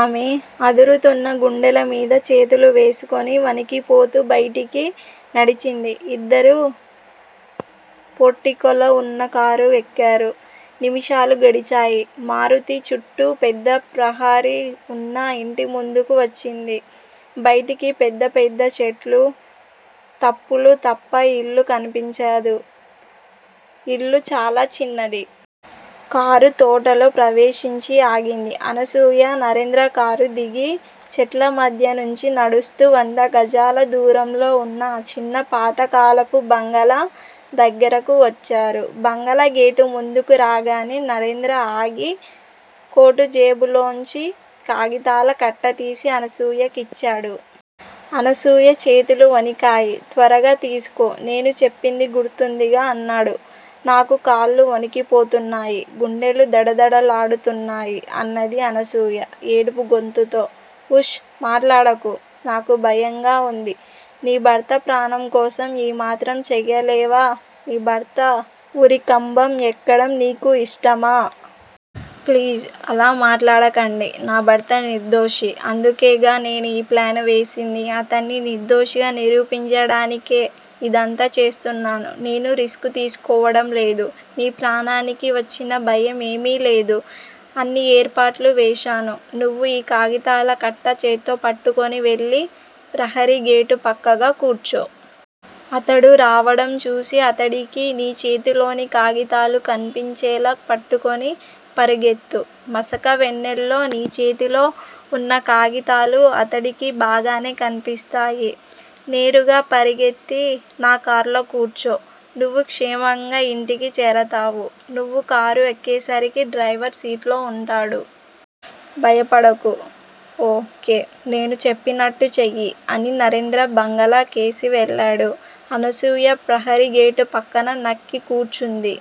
ఆమె అదురుతున్న గుండెలమీద చేతులు వేసుకొని వణికిపోతూ బయటికి నడిచింది. ఇద్దరూ పోర్టికోలో ఉన్నకారు ఎక్కారు. నిముషాలు గడిచాయి. మారుతి చుట్టూ పెద్ద ప్రహరీ ఉన్న ఇంటి ముందుకు వచ్చింది బయటికి పెద్ద పెద్ద చెట్లూ, తప్పులూ తప్ప ఇల్లు కన్పించదు. ఇల్లు చాలా చిన్నది. కారు తోటలో ప్రవేశించి ఆగింది. అనసూయ- నరేంద్రకారు దిగి చెట్ల మధ్య నుంచి నడుస్తూ వంద గజాల దూరంలో ఉన్న ఆ చిన్న పాతకాలపు బంగళా దగ్గరకు వచ్చారు. బంగళా గేటు ముందుకు రాగానే నరేంద్ర ఆగి కోటు జేబు లోంచి కాగితాల కట్టతీసి అనసూయ కిచ్చాడు. అనసూయ చేతులు వణికాయి. త్వరగా తీసుకో, నేను చెప్పింది గుర్తుందిగా? అన్నాడు. నాకు కాళ్ళు వణికిపోతున్నాయి. గుండెలు దడదడలాడుతున్నాయి అన్నది అనసూయ ఏడుపుగొంతుతో. ఉష్! మాట్లాడకు. నాకు భయంగా ఉంది. నీ భర్త ప్రాణం కోసం ఈ మాత్రం చెయ్యలేవా? నీ భర్త ఉరికంబం ఎక్కడం నీకు ఇష్టమా? ప్లీజ్ అలా మాట్లాడకండి. నా భర్త నిర్దోషి. అందుకేగా నేను ఈ ప్లాను వేసింది. అతడ్ని నిర్దోషిగా నిరూపించడానికే ఇదంతా చేస్తున్నాను. నేను రిస్క్ తీసుకోవడంలేదూ? నీ ప్రాణానికి వచ్చిన భయం ఏమీలేదు. అన్ని ఏర్పాట్లూ వేశాను. నువ్వు ఈ కాగితాల కట్ట చెత్తో పట్టుకొని వెళ్ళి ప్రహరీగేటు పక్కగా కూర్చో. అతడు రావడం చూసి అతడికి నీ చేతిలోని కాగితాలు కన్పించేళా పట్టుకొని పరిగెత్తు మసక వెన్నెల్లో నీ చేతిలో ఉన్న కాగితాలు అతడికి బాగానే కన్పిస్తాయి. నేరుగా పరిగెత్తి నా కార్లో కూర్చో. నువ్వు క్షేమంగా ఇంటికి చేరతావు. నువ్వు కారు ఎక్కేసరికి డ్రైవర్ సీట్లో ఉంటాడు. భయపడకు ఓ. కే! నేను చెప్పినట్టు చెయ్యి అని నరేంద్ర బంగళా కేసి వెళ్ళాడు. అనసూయ ప్రహరీ గేటు పక్కన నక్కి కూర్చుంది.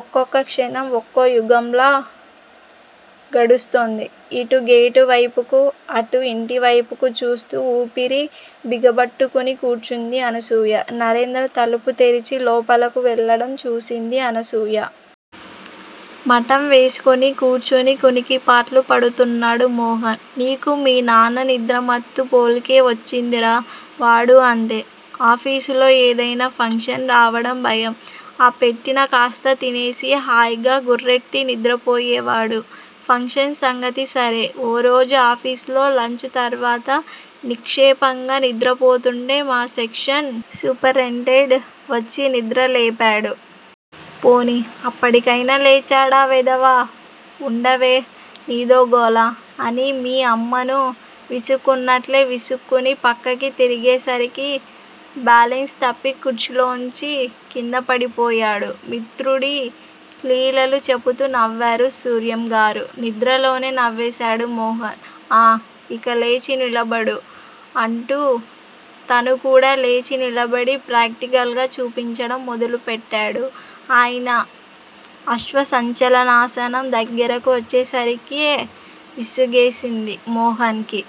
ఒక్కొక్క క్షణం ఒక్కో యుగంలా గడుస్తోంది. ఇటు గేటు వైపుకూ అటు ఇంటివైపుకూ చూస్తూ, ఊపిరి బిగబట్టుకుని కూర్చుంది అనసూయ. నరేంద్ర తలుపు తెరిచి లోపలకు వెళ్ళడం చూసింది అనసూయ. మఠం వేసుకుని కూర్చుని కునికిపాట్లు పడుతున్నాడు మోహన్. నీకూ మీ నాన్న నిద్రమత్తు పోలికే వచ్చిందిరా! వాడూ అంతే. ఆఫీసులో ఏదయినా ఫంక్షన్ రావడం భయం ఆ పెట్టిన కాస్తా తినేసి హాయిగా గుర్రెట్టి నిద్రపోయేవాడు. ఫంక్షన్ సంగతి సరే ఓరోజు ఆఫీసులో లంచ్ తరువాత నిక్షేపంగా నిద్రపోతుంటే మా సెక్షన్ సూపరెంటెండెంట్ వచ్చినిద్రలేపాడు. పోనీ అప్పటికయినా లేచాడా వెధవ! ఉండవే నీదో గోల! అని మీ అమ్మను విసుక్కున్నట్లే విసుక్కుని పక్కకి తిరిగేసరికి బాలెన్స్ తప్పి కుర్చీలోంచి కిందపడిపోయాడు మిత్రుడి లీలలు చెప్పుతూ నవ్వారు సూర్యంగారు. నిద్రలోనే నవ్వేసాడు మోహన్. ఆ! ఇక లేచి నిలబడు! అంటూ తనుకూడా లేచి నిలబడి ప్రాక్టికల్ గా చూపించటం మొదలు పెట్టాడు ఆయన అశ్వసంచాలనాసనం దగ్గరకు వచ్చేసరికే విసుగేసింది మోహన్ కి.